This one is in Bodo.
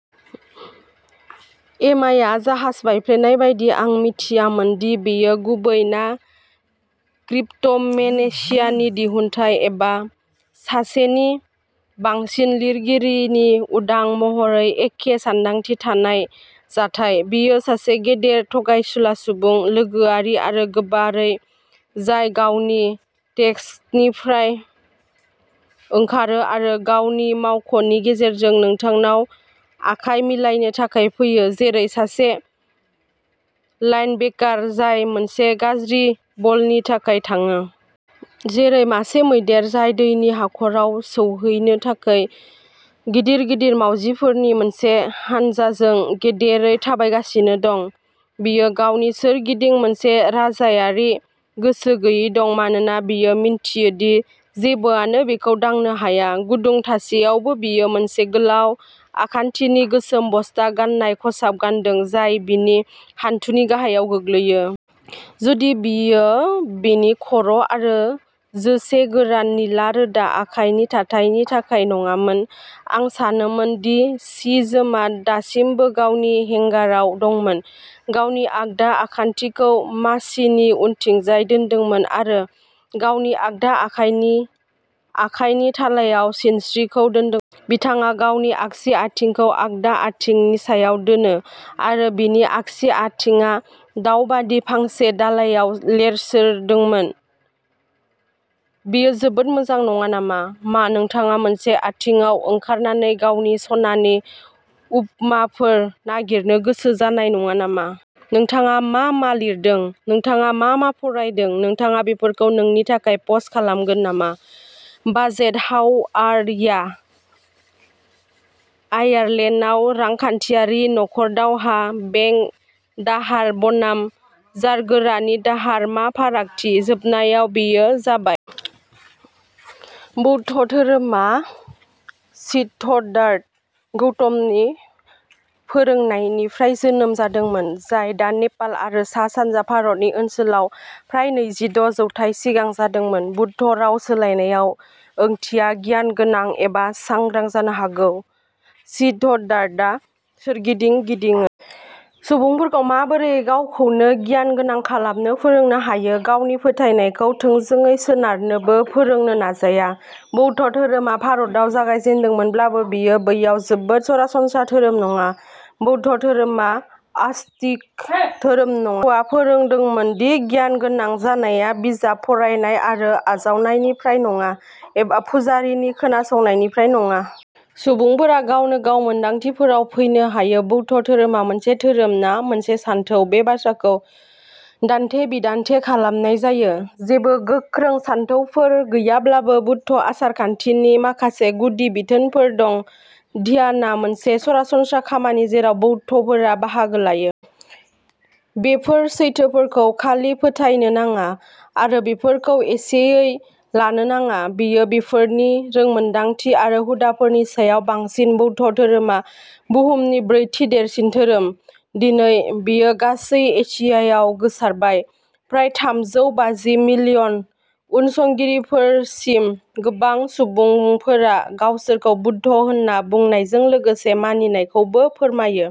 एमाया जाहाज बायफ्लेनाय बायदि, आं मिथियामोन दि बेयो गुबै ना क्रिप्ट'मेनेसियानि दिहुनथाइ एबा सासेनि बांसिन लिरगिरिनि उदां महरै एखे सानदांथि थानाय जाथाय। बियो सासे गिदिर, थगायसुला सुबुं, लोगोआरि आरो गोबारै, जाय गावनि डेस्कनिफ्राय ओंखारो आरो गावनि मावख'नि गेजेरजों नोंथांनाव आखाय मिलायनो थाखाय फैयो, जेरै सासे लाइनबेकार, जाय मोनसे गाज्रि बलनि थाखाय थाङो। जेरै मासे मैदेर, जाय दैनि हाखराव सौहैनो थाखाय गिदिर गिदिर मावजिफोरनि मोनसे हानजाजों गेदेरै थाबायगासिनो दं, बियो गावनि सोरगिदिं मोनसे राजायारि गोसो गैयै दं मानोना बियो मिन्थियो दि जेबोआनो बिखौ दांनो हाया। गुदुं थासेयावबो, बियो मोनसे गोलाव आखान्थिनि गोसोम बस्ता गाननाय खसाब गानदों, जाय बिनि हान्थुनि गाहायाव गोग्लैयो। जुदि बेयो बिनि खर' आरो जोसे गोरान, निला रोदा आखाइनि थाथायनि थाखाय नङामोन, आं सानोमोन दि सि जोमआ दासिमबो गावनि हेंगाराव दंमोन। गावनि आगदा आखान्थिखौ मासिनि उनथिंजाय दोनदोंमोन, आरो गावनि आगदा आखाइनि आखाइनि थालायाव सिनस्रिखौ दोनदों। बिथाङा गावनि आगसि आथिंखौ आगदा आथिंनि सायाव दोनो, आरो बिनि आगसि आथिंआ दाउबादि फांसे दालाइआव लोरसोरदोंमोन। बेयो जोबोद मोजां नङा नामा? मा नोंथाङा मोनसे आथिंआव ओंखारनानै गावनि सनानि उपमाफोर नागिरनो गोसो जानाय नङा नामा? नोंथाङा मा मा लिरदों? नोंथाङा मा मा फरायदों? नोंथाङा बेफोरखौ नोंनि थाखाय पस्ट खालामगोन नामा? बाजेट, हाउ आर या? आयारलेन्डआव "रांखान्थियारि नखर दावहा"? बेंक दाहार बनाम जारगोरानि दाहार मा फारागथि? जोबनायाव, बेयो जाबाय! बौद्ध धोरोमा सिद्धार्थ गौतमनि फोरोंनायनिफ्राय जोनोम जादोंमोन, जाय दा नेपाल आरो सा सानजा भारतनि ओनसोलाव, फ्राय नैजि द' जौथाय सिगां जादोंमोन। बुद्ध, राव सोलायनायाव, ओंथिया "गियानगोनां" एबा "सांग्रां" जानो हागौ। सिद्धार्थआ सोरगिदिं गिदिङो। सुबुंफोरखौ माबोरै गावखौनो गियानगोनां खालामनो फोरोंनो हायो, गावनि फोथायनायखौ थोंजोङै सोरनोबो फोरोंनो नाजाया। बौद्ध धोरोमा भारताव जागायजेन्दोंमोनब्लाबो, बेयो बैयाव जोबोद सरासनस्रा धोरोम नङा। बौद्ध धोरोमा आस्तिक धोरोम नङा। पया फोरोंदोंमोन दि गियानगोनां जानाया बिजाब फरायनाय आरो आजावनायनिफ्राय नङा, एबा पुजारीनि खोनासंनायनिफ्राय नङा। सुबुंफोरा गावनो गाव मोनदांथिफोराव फैनो हायो। बौद्ध धोरोमा मोनसे धोरोम ना मोनसे सानथौ बे बाथ्राखौ दान्थे बिदान्थे खालामनाय जायो। जेबो गोख्रों सानथौफोर गैयाब्लाबो बौद्ध आसारखान्थिनि माखासे गुदि बिथोनफोर दं। ध्यानआ मोनसे सरासनस्रा खामानि जेराव बौद्धफोरा बाहागो लायो। बेफोर सैथोफोरखौ खालि फोथायनो नाङा आरो बेफोरखौ एसेयै लानो नाङा। बेयो बेफोरनि रोंमोनदांथि आरो हुदाफोरनि सायाव बांसिन। बौद्ध धोरोमा बुहुमनि ब्रैथि देरसिन धोरोम। दिनै बेयो गासै एसियायाव गोसारबाय, फ्राय थामजौ बाजि मिलियन उनसंगिरिफोरसिम। गोबां सुबुंफोरा गावसोरखौ बौद्ध होन्ना बुंनायजों लोगोसे मानिनायखौबो फोरमायो।